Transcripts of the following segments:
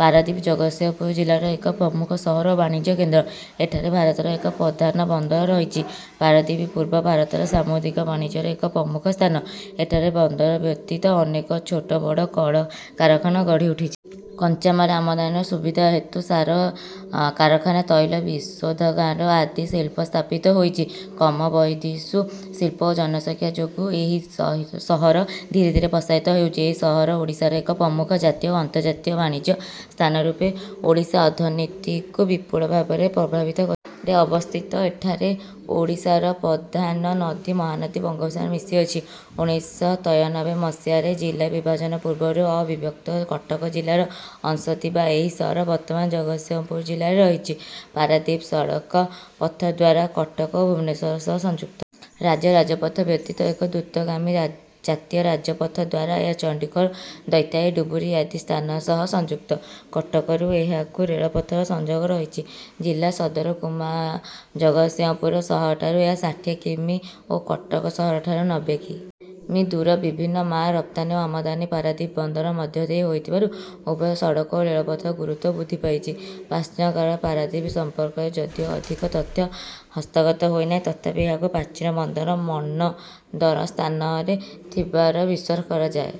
ପାରାଦୀପ ଜଗତସିଂହପୁର ଜିଲ୍ଲାର ଏକ ପ୍ରମୂଖ ସହର ଓ ବାଣିଜ୍ୟ କେନ୍ଦ୍ର। ଏଠାରେ ଭାରତର ଏକ ପ୍ରଧାନ ବନ୍ଦର ରହିଛି। ପାରାଦୀପ ପୂର୍ବ ଭାରତରେ ସାମୁଦ୍ରିକ ବାଣିଜ୍ୟର ଏକ ପ୍ରମୁଖ ସ୍ଥାନ। ଏଠାରେ ବନ୍ଦର ବ୍ୟତୀତ ଅନେକ ଛୋଟ ବଡ଼ କଳ କାରଖାନା ଗଢ଼ି ଉଠିଛି। କଞ୍ଚାମାଲ ଆମଦାନୀର ସୁବିଧା ହେତୁ ସାର କାରଖାନା ତୈଳ ବିଶୋଧନାଗାର ଆଦି ଶିଳ୍ପ ସ୍ଥାପିତ ହୋଇଛି। କ୍ରମବର୍ଦ୍ଧିଷ୍ଣୁ ଶିଳ୍ପ ଓ ଜନସଂଖ୍ୟା ଯୋଗୁ ଏହି ସହିତ ସହର ଧୀରେ ଧୀରେ ପ୍ରସାରିତ ହେଉଛି। ଏହି ସହର ଓଡ଼ିଶାର ଏକ ପ୍ରମୁଖ ଜାତୀୟ ଓ ଅନ୍ତର୍ଜାତୀୟ ବାଣିଜ୍ୟ ସ୍ଥାନ ରୂପେ ଓଡ଼ିଶା ଅର୍ଥନୀତିକୁ ବିପୁଳ ଭାବେ ପ୍ରଭାବିତ କରି। ରେ ଅବସ୍ଥିତ। ଏଠାରେ ଓଡ଼ିଶାର ପ୍ରଧାନ ନଦୀ ମହାନଦୀ ବଙ୍ଗୋପସାଗରରେ ମିଶିଅଛି। ଉଣେଇଶ ଶହ ତ୍ରୟନବେ ମସିହାରେ ଜିଲ୍ଲା ବିଭାଜନ ପୂର୍ବରୁ ଅବିଭକ୍ତ କଟକ ଜିଲ୍ଲାର ଅଂଶ ଥିବା ଏହି ସହର ବର୍ତ୍ତମାନ ଜଗତସିଂହପୁର ଜିଲ୍ଲାରେ ରହିଛି। ପାରାଦୀପ ସଡ଼କ ପଥଦ୍ୱାରା କଟକ ଓ ଭୁବନେଶ୍ୱର ସହ ସଂଯୁକ୍ତ। ରାଜ୍ୟ ରାଜପଥ ବ୍ୟତୀତ ଏକ ଦ୍ରୁତଗାମୀ ଜାତୀୟ ରାଜପଥଦ୍ୱାରା ଏହା ଚଣ୍ଡିଖୋଲ ଦୈତାରୀ ଡୁବୁରୀ ଆଦି ସ୍ଥାନ ସହ ସଂଯୁକ୍ତ। କଟକରୁ ଏହାକୁ ରେଳପଥର ସଂଯୋଗ ରହିଛି। ଜିଲ୍ଲା ସଦରମହକୁମା ଜଗତସିଂହପୁର ସହର ଠାରୁ ଏହା ଷାଠିଏ କି. ମି. ଓ କଟକ ସହର ଠାରୁ ନବେ କି. ମି. ଦୂର। ବିଭିନ୍ନ ମାଲ ରପ୍ତାନୀ ଓ ଆମଦାନୀ ପାରାଦୀପ ବନ୍ଦର ମଧ୍ୟଦେଇ ହେଉଥିବାରୁ ଉଭୟ ସଡ଼କ ଓ ରେଳପଥର ଗୁରୁତ୍ତ୍ୱ ବୃଦ୍ଧି ପାଇଛି। ପ୍ରାଚୀନ କାଳର ପାରଦୀପ ସମ୍ପର୍କରେ ଯଦିଓ ଅଧିକ ତଥ୍ୟ ହସ୍ତଗତ ହୋଇନାହିଁ ତଥାପି ଏହାକୁ ପ୍ରାଚୀନ ବନ୍ଦର ମନ୍ନଦର ସ୍ଥାନରେ ଥିବାର ବିଶ୍ୱାସ କରାଯାଏ।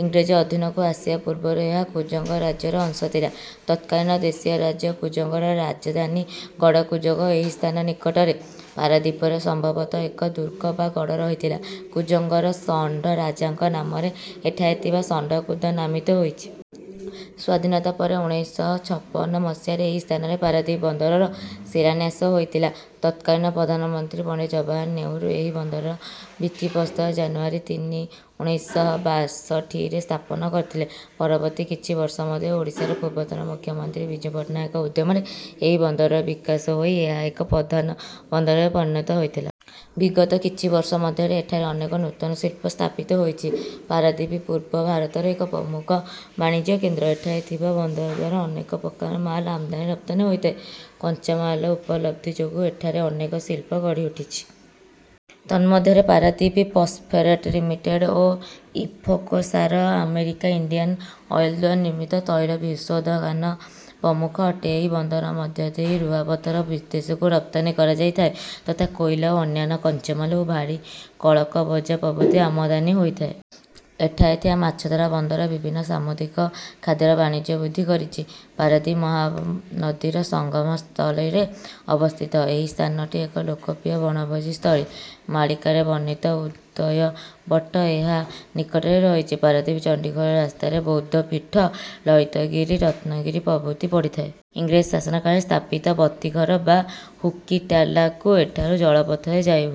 ଇଂରେଜ ଅଧୀନକୁ ଆସିବା ପୂର୍ବରୁ ଏହା କୁଜଙ୍ଗ ରାଜ୍ୟର ଅଂଶ ଥିଲା। ତତ୍କାଳୀନ ଦେଶୀୟ ରାଜ୍ୟ କୁଜଙ୍ଗର ରାଜଧାନୀ ଗଡ଼କୁଜଙ୍ଗ ଏହି ସ୍ଥାନ ନିକଟରେ। ପାରାଦୀପରେ ସମ୍ଭବତଃ ଏକ ଦୁର୍ଗ ବା ଗଡ଼ ରହିଥିଲା। କୁଜଙ୍ଗର ଷଣ୍ଢ ରାଜାଙ୍କ ନାମରେ ଏଠାରେ ଥିବା ଷଣ୍ଢକୂଦ ନାମିତ ହୋଇଛି। ସ୍ୱାଧୀନତା ପରେ ଉଣେଇଶ ଶହ ଛପନ ମସିହାରେ ଏହି ସ୍ଥାନରେ ପାରାଦୀପ ବନ୍ଦରର ଶିଳାନ୍ୟାସ ହୋଇଥିଲା। ତତ୍କାଳୀନ ପ୍ରଧାନମନ୍ତ୍ରୀ ପଣ୍ଡିତ ଜବାହରଲାଲ ନେହେରୁ ଏହି ବନ୍ଦରର ଭିତ୍ତିପ୍ରସ୍ଥର ଜାନୁୟାରୀ ତିନି ଉଣେଇଶ ଶହ ବାଷଠିରେ ସ୍ଥାପନ କରିଥିଲେ। ପରବର୍ତ୍ତୀ କିଛି ବର୍ଷ ମଧ୍ୟରେ ଓଡ଼ିଶାର ପୂର୍ବତନ ମୁଖ୍ୟମନ୍ତ୍ରୀ ବିଜୁ ପଟ୍ଟନାୟକଙ୍କ ଉଦ୍ୟମରେ ଏହି ବନ୍ଦରର ବିକାଶ ହୋଇ ଏହା ଏକ ପ୍ରଧାନ ବନ୍ଦରରେ ପରିଣତ ହୋଇଥିଲା। ବିଗତ କିଛି ବର୍ଷ ମଧ୍ୟରେ ଏଠାରେ ଅନେକ ନୂତନ ଶିଳ୍ପ ସ୍ଥାପିତ ହୋଇଛି। ପାରାଦୀପ ପୂର୍ବ ଭାରତର ଏକ ପ୍ରମୁଖ ବାଣିଜ୍ୟ କେନ୍ଦ୍ର। ଏଠାରେ ଥିବା ବନ୍ଦରଦ୍ୱାରା ଅନେକ ପ୍ରକାରର ମାଲ ଆମଦାନୀ ରପ୍ତାନୀ ହୋଇଥାଏ। କଞ୍ଚାମାଲର ଉପଲବ୍ଧି ଯୋଗୁ ଏଠାରେ ଅନେକ ଶିଳ୍ପ ଗଢି ଉଠିଛି। ତନ୍ମଧ୍ୟରେ ପାରାଦୀପ ଫସପେଟସ ଲିମିଟେଡ଼ ଓ ଇଫକୋର ସାର କାରଖାନା ଇଣ୍ଡିଆନ ଅଏଲଦ୍ୱାରା ନିର୍ମିତ ତୈଳ ବିଶୋଧନାଗାର ପ୍ରମୁଖ ଅଟେ। ଏହି ବନ୍ଦର ମଧ୍ୟ ଦେଇ ଲୁହାପଥର ବିଦେଶକୁ ରପ୍ତାନୀ କରାଯାଇ ଥାଏ ତଥା କୋଇଲା ଓ ଅନ୍ୟାନ୍ୟ କଞ୍ଚାମାଲ ଓ ଭାରୀ କଳକବଜା ପ୍ରଭୁତି ଆମଦାନୀ ହୋଇଥାଏ। ଏଠାରେ ଥିବା ମାଛଧରା ବନ୍ଦର ବିଭିନ୍ନ ସାମୁଦ୍ରିକ ଖାଦ୍ୟର ବାଣିଜ୍ୟ ବୃଦ୍ଧି କରିଛି। ପାରାଦୀପ ମହାନଦୀର ସଙ୍ଗମ ସ୍ଥଳୀରେ ଅବସ୍ଥିତ। ଏହି ସ୍ଥାନଟି ଏକ ଲୋକପ୍ରିୟ ବଣଭୋଜି ସ୍ଥଳୀ। ମାଳିକାରେ ବର୍ଣ୍ଣିତ ଉଦୟବଟ ଏହା ନିକଟରେ ରହିଛି। ପାରାଦୀପଚଣ୍ଡିଖୋଲ ରାସ୍ତାରେ ବୌଦ୍ଧ ପୀଠ ଲଳିତଗିରି ରତ୍ନଗିରି ପ୍ରଭୁତି ପଡିଥାଏ। ଇଂରେଜ ଶାସନ କାଳରେ ସ୍ଥାପିତ ବତୀଘର ବା ହୁକିଟାଲାକୁ ଏଠାରୁ ଜଳପଥରେ ଯାଇହୁଏ।